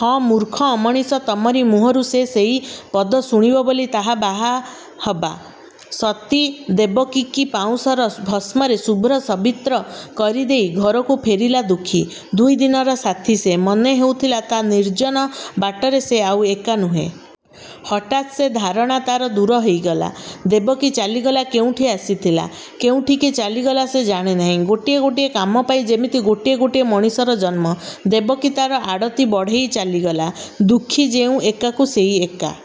ହଁ, ମୂର୍ଖ ଅମଣିଷ ତମରି ମୁହଁରୁ ସେ ସେଇ ପଦ ଶୁଣିବ ବୋଲି ତା'ର ବାହା ହବା। ସତୀ ଦେବକୀକି ପାଉଁଶର ଭସ୍ମରେ ଶୁଭ୍ର ସବିତ୍ର କରି ଦେଇ ଘରକୁ ଫେରିଲା ଦୁଃଖୀ । ଦୁଇଦିନର ସାଥୀ ସେ। ମନେ ହେଉଥିଲା, ତା' ନିର୍ଜନ ବାଟରେ ସେ ଆଉ ଏକା ନୁହେଁ। ହଠାତ ସେ ଧାରଣା ତା'ର ଦୂର ହେଇଗଲା। ଦେବକୀ ଚାଲିଗଲା କେଉଁଠୁ ଆସିଥିଲା, କେଉଁଠିକି ଚାଲିଗଲା ସେ ଜାଣେ ନାହିଁ। ଗୋଟିଏ ଗୋଟିଏ କାମପାଇଁ ଯେମିତି ଗୋଟିଏ ଗୋଟିଏ ମଣିଷର ଜନ୍ମ। ଦେବକୀ ତା'ର ଆଡ଼ତି ବଢ଼େଇ ଚାଲିଗଲା। ଦୁଃଖୀ ଯେଉଁ ଏକାକୁ ସେଇ ଏକା ।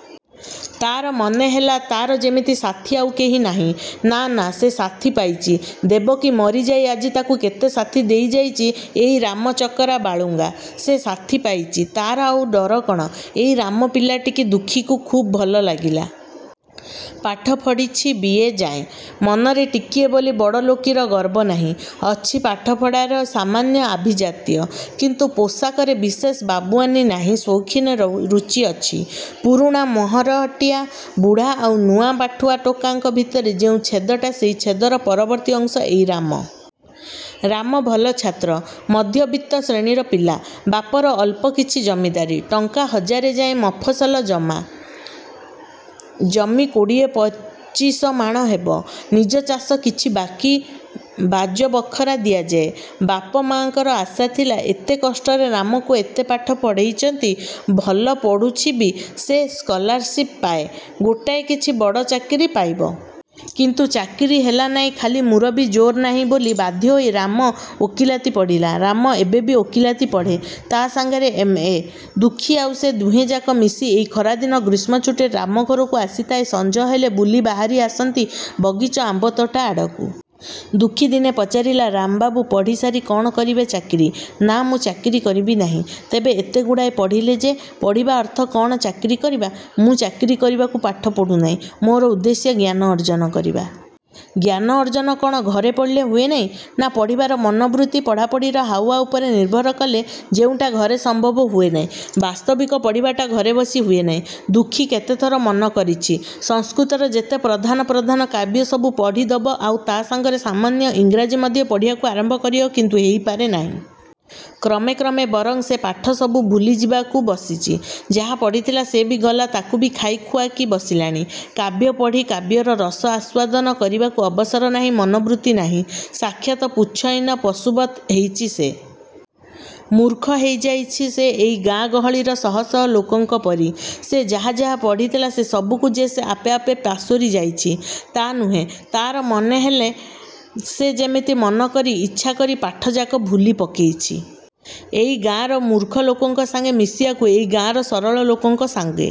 ତା'ର ମନେ ହେଲା, ତା'ର ଯେମିତି ସାଥୀ ଆଉ କେହି ନାହିଁ। ନା ନା ସେ ସାଥୀ ପାଇଚି। ଦେବକୀ ମରିଯାଇ ଆଜି ତାକୁ କେତେ ସାଥୀ ଦେଇଯାଇଚି ଏଇ ରାମ ଚକରା ବାଳୁଙ୍ଗା। ସେ ସାଥୀ ପାଇଚି। ତା'ର ଆଉ ଡର କ'ଣ? ଏଇ ରାମ ପିଲାଟିକି ଦୁଃଖୀକୁ ଖୁବ୍ ଭଲ ଲାଗିଲା। ପାଠ ପଢ଼ିଛି ବି. ଏ. ଯାଏଁ। ମନରେ ଟିକିଏ ବୋଲି ବଡ଼ଲୋକୀର ଗର୍ବ ନାହିଁ। ଅଛି ପାଠପଢ଼ାର ସାମାନ୍ୟ ଆଭିଜାତ୍ୟ। କିନ୍ତୁ ପୋଷାକରେ ବିଶେଷ ବାବୁଆନି ନାହିଁ ସୌଖୀନ ରୁଚିଅଛି। ପୁରୁଣା ମରହଟ୍ଟିଆ ବୁଢ଼ା ଆଉ ନୂଆ ପାଠୁଆ ଟୋକାଙ୍କ ଭିତରେ ଯେଉଁ ଛେଦଟା ସେଇ ଛେଦର ପରବର୍ତ୍ତୀ ଅଂଶ ଏଇ ରାମ। ରାମ ଭଲ ଛାତ୍ର। ମଧ୍ୟବିତ୍ତ ଶ୍ରେଣୀର ପିଲା। ବାପର ଅଳ୍ପ କିଛି ଜମିଦାରୀ। ଟଙ୍କା ହଜାରେ ଯାଏଁ ମଫସଲ ଜମା। ଜମି କୋଡ଼ିଏ ପଚିଶମାଣ ହେବ। ନିଜଚାଷ କିଛି ବାକି ବାଜ ବଖରା ଦିଆଯାଏ। ବାପ ମାଙ୍କର ଆଶାଥିଲା, ଏତେ କଷ୍ଟରେ ରାମକୁ ଏତେ ପାଠ ପଢ଼େଇଚନ୍ତି ଭଲ ପଢ଼ୁଛିବି ସେ ସ୍କଲାରଶିପ୍ ପାଏ ଗୋଟାଏ କିଛି ବଡ଼ ଚାକିରି ପାଇବ। କିନ୍ତୁ ଚାକିରି ହେଲା ନାହିଁ ଖାଲି ମୁରବି ଜୋର୍ ନାହିଁ ବୋଲି। ବାଧ୍ୟ ହୋଇ ରାମ ଓକିଲାତି ପଢ଼ିଲା। ରାମ ଏବେବି ଓକିଲାତି ପଢ଼େ। ତା' ସାଙ୍ଗରେ ଏମ୍. ଏ। ଦୁଃଖୀ ଆଉ ସେ ଦୁହେଁଯାକ ମିଶି ଏଇ ଖରାଦିନ ଗ୍ରୀଷ୍ମ ଛୁଟିରେ ରାମ ଘରକୁ ଆସିଥାଏ ସଞ୍ଜ ହେଲେ ବୁଲି ବାହାରି ଆସନ୍ତି ବଗିଚ ଆମ୍ୱତୋଟା ଆଡ଼କୁ। ଦୁଃଖୀ ଦିନେ ପଚାରିଲା ''ରାମବାବୁ, ପଢ଼ିସାରି କ'ଣ କରିବେ ଚାକିରି? '' ''ନା, ମୁଁ ଚାକିରି କରିବି ନାହିଁ। '' ''ତେବେ, ଏତେଗୁଡ଼ାଏ ପଢ଼ିଲେ ଯେ '' ''ପଢ଼ିବା ଅର୍ଥ କ'ଣ ଚାକିରି କରିବା? ମୁଁ ଚାକିରି କରିବାକୁ ପାଠ ପଢ଼ୁ ନାହିଁ। ମୋର ଉଦ୍ଦେଶ୍ୟ ଜ୍ଞାନ ଅର୍ଜନ କରିବା। '' ''ଜ୍ଞାନ ଅର୍ଜନ କ'ଣ ଘରେ ପଢ଼ିଲେ ହୁଏ ନାହିଁ? '' ''ନା ପଢ଼ିବାର ମନୋବୃତ୍ତି, ପଢ଼ାପଢ଼ିର ହାଉଆ ଉପରେ ନିର୍ଭର କଲେ–ଯେଉଁଟା ଘରେ ସମ୍ଭବ ହୁଏ ନାହିଁ। '' ବାସ୍ତବିକ ପଢ଼ିବାଟା ଘରେ ବସି ହୁଏ ନାହିଁ। ଦୁଃଖୀ କେତେଥର ମନ କରିଛି–ସଂସ୍କୃତର ଯେତେ ପ୍ରଧାନ ପ୍ରଧାନ କାବ୍ୟ ସବୁ ପଢ଼ି ଦବ ଆଉ ତା' ସାଙ୍ଗରେ ସାମାନ୍ୟ ଇଂରାଜୀ ମଧ୍ୟ ପଢ଼ିବାକୁ ଆରମ୍ଭ କରିବ କିନ୍ତୁ ହେଇ ପାରେ ନାହିଁ। କ୍ରମେ କ୍ରମେ ବରଂ ସେ ପାଠ ସବୁ ଭୁଲିଯିବାକୁ ବସିଚି। ଯାହା ପଢ଼ିଥିଲା ସେ ବି ଗଲା ତାକୁବି ଖାଇ ଖୁଆ କି ବସିଲାଣି। କାବ୍ୟ ପଢ଼ି କାବ୍ୟର ରସ ଆସ୍ୱାଦନ କରିବାକୁ ଅବସର ନାହିଁ ମନୋବୃତ୍ତି ନାହିଁ। ସାକ୍ଷାତ ପୁଚ୍ଛହୀନ ପଶୁବତ୍ ହେଇଚି ସେ। ମୂର୍ଖ ହେଇଯାଇଛି ସେ ଏଇ ଗାଁ ଗହଳିର ଶହ ଶହ ଲୋକଙ୍କ ପରି। ସେ ଯାହା ଯାହା ପଢ଼ିଥିଲା, ସେ ସବୁକୁ ଯେ ସେ ଆପେ ଆପେ ପାସୋରି ଯାଇଛି, ତା' ନୁହେଁ–ତା'ର ମନେ ହେଲା, ସେ ଯେମିତି ମନ କରି, ଇଚ୍ଛା କରି ପାଠଯାକ ଭୁଲି ପକେଇଛି। ଏଇ ଗାଁର ମୂର୍ଖ ଲୋକଙ୍କ ସାଙ୍ଗେ ମିଶିବାକୁ, ଏଇ ଗାଁର ସରଳ ଲୋକଙ୍କ ସାଙ୍ଗେ